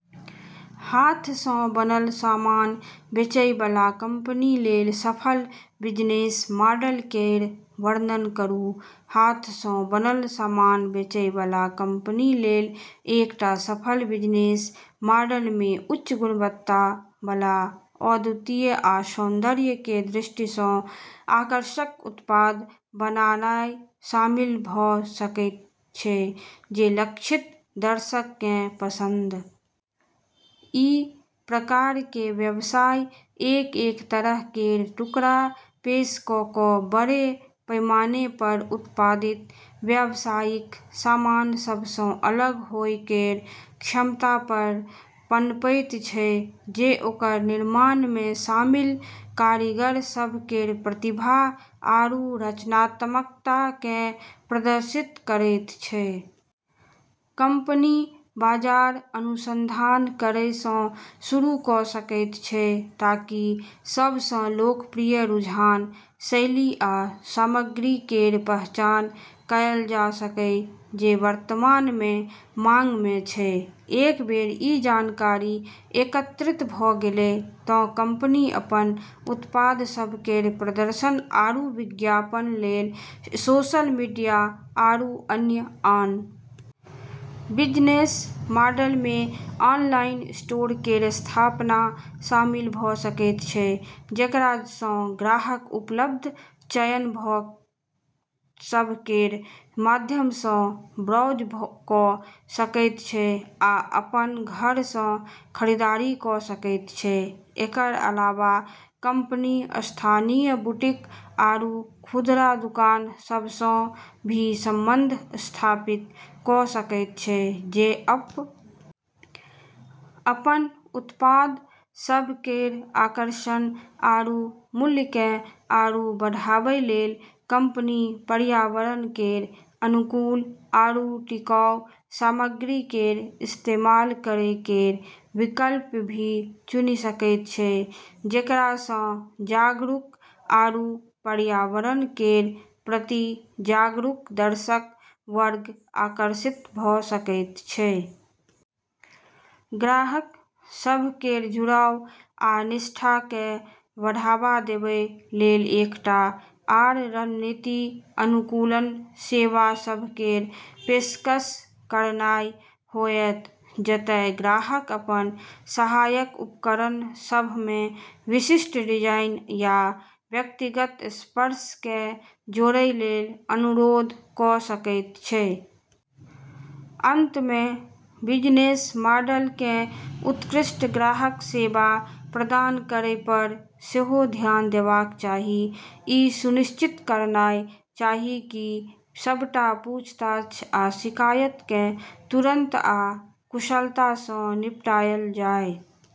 हाथ सँ बनल सामान बेचै बला कंपनी लेल सफल बिजनेस मॉडल केर वर्णन करू। हाथ सँ बनल सामान बेचै बला कंपनी लेल एकटा सफल बिजनेस मॉडल मे उच्च गुणवत्ता बला, अद्वितीय आ सौंदर्य केर दृष्टि सँ आकर्षक उत्पाद बनानाय शामिल भऽ सकैत छै जे लक्षित दर्शक केँ पसंद आबैत छै। ई प्रकार केर व्यवसाय एक-एक तरह केर टुकड़ा पेश कऽ कऽ बड़े पैमाने पर उत्पादित, व्यावसायिक सामान सभ सँ अलग होए केर क्षमता पर पनपैत छै जे ओकर निर्माण मे शामिल कारीगर सभ केर प्रतिभा आरू रचनात्मकता केँ प्रदर्शित करैत छै। कंपनी बाजार अनुसंधान करै सँ शुरू कऽ सकैत छै ताकि सब सँ लोकप्रिय रुझान, शैली आ सामग्री केर पहचान कएल जा सकै जे वर्तमान मे मांग मे छै। एक बेर ई जानकारी एकत्रित भऽ गेलै तँ कंपनी अपन उत्पाद सभ केर प्रदर्शन आरू विज्ञापन लेल सोशल मीडिया आरू अन्य ऑनलाइन प्लेटफॉर्म केर इस्तेमाल कऽ कऽ अपन लाइन केर एक्सेसरीज बनाबै केर काज शुरू कऽ सकैत छै। बिजनेस मॉडल मे ऑनलाइन स्टोर केर स्थापना शामिल भऽ सकैत छै, जेकरा सँ ग्राहक उपलब्ध चयन सभ केर माध्यम सँ ब्राउज कऽ सकैत छै आ अपन घर सँ खरीदारी कऽ सकैत छै। एकर अलावा कंपनी स्थानीय बुटीक आरू खुदरा दुकान सभ सँ भी संबंध स्थापित कऽ सकैत छै जे अपन उत्पाद केँ ढोबै आरू बेचै लेल तैयार हेतै। अपन उत्पाद सभ केर आकर्षण आरू मूल्य केँ आरू बढ़ाबै लेल कंपनी पर्यावरण केर अनुकूल आरू टिकाऊ सामग्री केर इस्तेमाल करै केर विकल्प भी चुनि सकैत छै, जेकरा सँ जागरूक आरू पर्यावरण केर प्रति जागरूक दर्शक वर्ग आकर्षित भऽ सकैत छै। ग्राहक सभ केर जुड़ाव आ निष्ठा केँ बढ़ावा देबै लेल एकटा आर रणनीति अनुकूलन सेवा सभ केर पेशकश करनाय होएत, जतय ग्राहक अपन सहायक उपकरण सभ मे विशिष्ट डिजाइन या व्यक्तिगत स्पर्श केँ जोड़ै लेल अनुरोध कऽ सकैत छै। अंत मे, बिजनेस मॉडल केँ उत्कृष्ट ग्राहक सेवा प्रदान करै पर सेहो ध्यान देबाक चाही, ई सुनिश्चित करनाय चाही कि सबटा पूछताछ आ शिकायत केँ तुरंत आ कुशलता सँ निपटायल जाय।